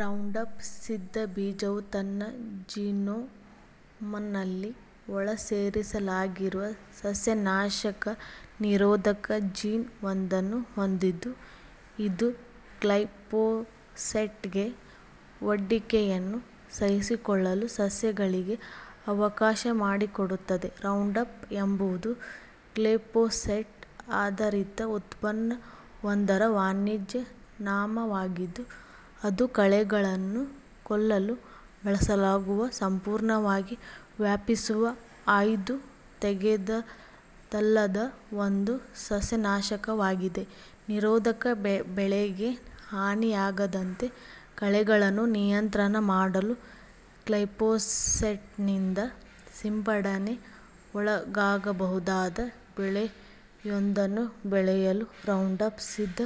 ರೌಂಡಪ್-ಸಿದ್ಧ ಬೀಜವು ತನ್ನ ಜೀನೋಮ್ನಲ್ಲಿ ಒಳಸೇರಿಸಲಾಗಿರುವ ಸಸ್ಯನಾಶಕ ನಿರೋಧಕ ಜೀನ್ ಒಂದನ್ನು ಹೊಂದಿದ್ದು, ಇದು ಗ್ಲೈಫೋಸೇಟ್ಗೆ ಒಡ್ಡಿಕೆಯನ್ನು ಸಹಿಸಿಕೊಳ್ಳಲು ಸಸ್ಯಗಳಿಗೆ ಅವಕಾಶಮಾಡಿಕೊಡುತ್ತದೆ. ರೌಂಡಪ್ ಎಂಬುದು ಗ್ಲೈಫೋಸೇಟ್ ಆಧರಿತ ಉತ್ಪನ್ನವೊಂದರ ವಾಣಿಜ್ಯನಾಮವಾಗಿದ್ದು, ಅದು ಕಳೆಗಳನ್ನು ಕೊಲ್ಲಲು ಬಳಸಲಾಗುವ, ಸಂಪೂರ್ಣವಾಗಿ ವ್ಯಾಪಿಸುವ, ಆಯ್ದು ತೆಗೆದದ್ದಲ್ಲದ ಒಂದು ಸಸ್ಯನಾಶಕವಾಗಿದೆ. ನಿರೋಧಕ ಬೆಳೆಗೆ ಹಾನಿಯಾಗದಂತೆ ಕಳೆಗಳನ್ನು ನಿಯಂತ್ರಣ ಮಾಡಲು, ಗ್ಲೈಫೋಸೈಟ್ನಿಂದ ಸಿಂಪಡಣೆಗೆ ಒಳಗಾಗಬಹುದಾದ ಬೆಳೆಯೊಂದನ್ನು ಬೆಳೆಯಲು ರೌಂಡಪ್-ಸಿದ್ಧ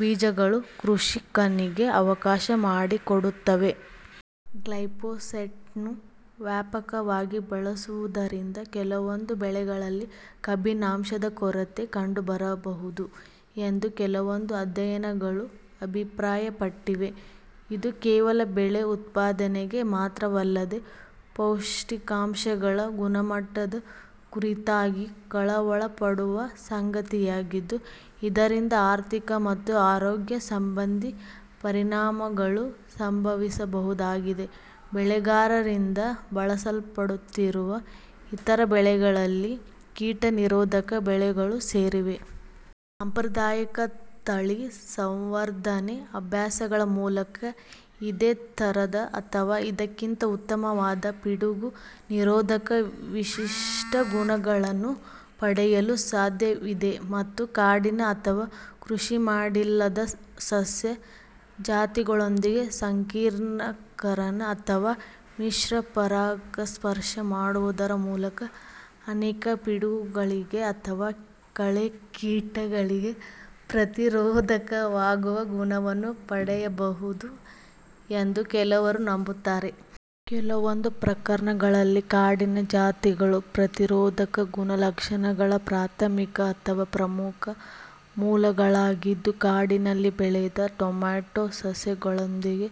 ಬೀಜಗಳು ಕೃಷಿಕನಿಗೆ ಅವಕಾಶ ಮಾಡಿಕೊಡುತ್ತವೆ. ಗ್ಲೈಪೋಸೇಟ್ನ್ನು ವ್ಯಾಪಕವಾಗಿ ಬಳಸುವುದರಿಂದ ಕೆಲವೊಂದು ಬೆಳೆಗಳಲ್ಲಿ ಕಬ್ಬಿಣಾಂಶದ ಕೊರತೆ ಕಂಡುಬರಬಹುದು ಎಂದು ಕೆಲವೊಂದು ಅಧ್ಯಯನಗಳು ಅಭಿಪ್ರಾಯಪಟ್ಟಿವೆ. ಇದು ಕೇವಲ ಬೆಳೆ ಉತ್ಪಾದನೆಗೆ ಮಾತ್ರವಲ್ಲದೆ, ಪೌಷ್ಟಿಕಾಂಶಗಳ ಗುಣಮಟ್ಟದ ಕುರಿತಾಗಿ ಕಳವಳಪಡುವ ಸಂಗತಿಯಾಗಿದ್ದು, ಇದರಿಂದ ಆರ್ಥಿಕ ಮತ್ತು ಆರೋಗ್ಯ ಸಂಬಂಧಿ ಪರಿಣಾಮಗಳೂ ಸಂಭವಿಸಬಹುದಾಗಿದೆ. ಬೆಳೆಗಾರರಿಂದ ಬಳಸಲ್ಪಡುತ್ತಿರುವ ಇತರ ಬೆಳೆಗಳಲ್ಲಿ ಕೀಟ-ನಿರೋಧಕ ಬೆಳೆಗಳು ಸೇರಿವೆ. ಸಾಂಪ್ರದಾಯಿಕ ತಳಿ ಸಂವರ್ಧನೆ ಅಭ್ಯಾಸಗಳ ಮೂಲಕ ಇದೇ ಥರದ ಅಥವಾ ಇದಕ್ಕಿಂತ ಉತ್ತಮವಾದ ಪಿಡುಗು-ನಿರೋಧಕ ವಿಶಿಷ್ಟ ಗುಣಗಳನ್ನು ಪಡೆಯಲು ಸಾಧ್ಯವಿದೆ, ಮತ್ತು ಕಾಡಿನ ಅಥವಾ ಕೃಷಿಮಾಡಿಲ್ಲದ ಸಸ್ಯ ಜಾತಿಗಳೊಂದಿಗೆ ಸಂಕರೀಕರಣ ಅಥವಾ ಮಿಶ್ರ-ಪರಾಗಸ್ಪರ್ಶ ಮಾಡುವುದರ ಮೂಲಕ ಅನೇಕ ಪಿಡುಗುಗಳಿಗೆ ಅಥವಾ ಕಳೆ-ಕೀಟಗಳಿಗೆ ಪ್ರತಿರೋಧಕವಾಗುವ ಗುಣವನ್ನು ಪಡೆಯಬಹುದು ಎಂದು ಕೆಲವರು ನಂಬುತ್ತಾರೆ. ಕೆಲವೊಂದು ಪ್ರಕರಣಗಳಲ್ಲಿ, ಕಾಡಿನ ಜಾತಿಗಳು ಪ್ರತಿರೋಧಕ ಗುಣಲಕ್ಷಣಗಳ ಪ್ರಾಥಮಿಕ ಅಥವಾ ಪ್ರಮುಖ ಮೂಲಗಳಾಗಿದ್ದು, ಕಾಡಿನಲ್ಲಿ ಬೆಳೆದ ಟೊಮ್ಯಾಟೋ ಸಸ್ಯಗಳೊಂದಿಗೆ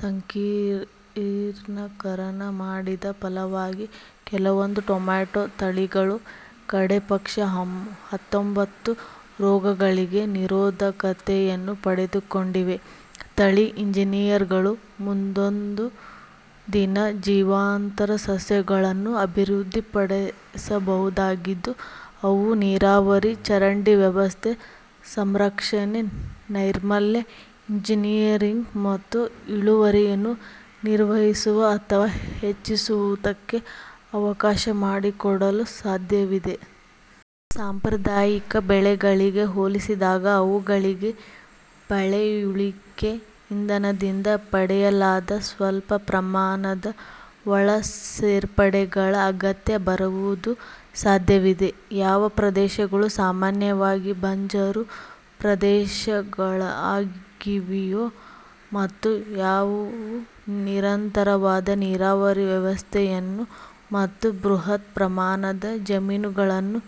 ಸಂಕರೀಕರಣ ಮಾಡಿದ ಫಲವಾಗಿ ಕೆಲವೊಂದು ಟೊಮ್ಯಾಟೋ ತಳಿಗಳು ಕಡೇಪಕ್ಷ ಹತ್ತೊಂಬತ್ತು ರೋಗಗಳಿಗೆ ನಿರೋಧಕತೆಯನ್ನು ಪಡೆದುಕೊಂಡಿವೆ. ತಳಿ ಎಂಜಿನಿಯರುಗಳು ಮುಂದೊಂದು ದಿನ ಜೀವಾಂತರ ಸಸ್ಯಗಳನ್ನು ಅಭಿವೃದ್ಧಿಪಡಿಸಬಹುದಾಗಿದ್ದು, ಅವು ನೀರಾವರಿ, ಚರಂಡಿ ವ್ಯವಸ್ಥೆ, ಸಂರಕ್ಷಣೆ ನೈರ್ಮಲ್ಯ ಎಂಜಿನಿಯರಿಂಗ್, ಮತ್ತು ಇಳುವರಿಯನ್ನು ನಿರ್ವಹಿಸುವ ಅಥವಾ ಹೆಚ್ಚಿಸುವುದಕ್ಕೆ ಅವಕಾಶ ಮಾಡಿಕೊಡಲು ಸಾಧ್ಯವಿದೆ. ಸಾಂಪ್ರದಾಯಿಕ ಬೆಳೆಗಳಿಗೆ ಹೋಲಿಸಿದಾಗ, ಅವುಗಳಿಗೆ ಪಳೆಯುಳಿಕೆ ಇಂಧನದಿಂದ ಪಡೆಯಲಾದ ಅಲ್ಪ ಪ್ರಮಾಣದ ಒಳಸೇರ್ಪಡೆಗಳ ಅಗತ್ಯ ಬರುವುದು ಸಾಧ್ಯವಿದೆ. ಯಾವ ಪ್ರದೇಶಗಳು ಸಾಮಾನ್ಯವಾಗಿ ಬಂಜರು ಪ್ರದೇಶಗಳಾಗಿವೆಯೋ ಮತ್ತು ಯಾವುವು ನಿರಂತರವಾದ ನೀರಾವರಿ ವ್ಯವಸ್ಥೆಯನ್ನು, ಮತ್ತು ಬೃಹತ್ ಪ್ರಮಾಣದ ಜಮೀನುಗಳನ್ನು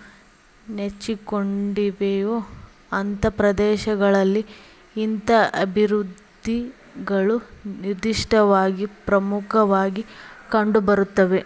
ನೆಚ್ಚಿಕೊಂಡಿವೆಯೋ, ಅಂಥ ಪ್ರದೇಶಗಳಲ್ಲಿ ಇಂಥ ಅಭಿವದ್ಧಿಗಳು ನಿರ್ದಿಷ್ಟವಾಗಿ ಪ್ರಮುಖವಾಗಿ ಕಂಡುಬರುತ್ತವೆ.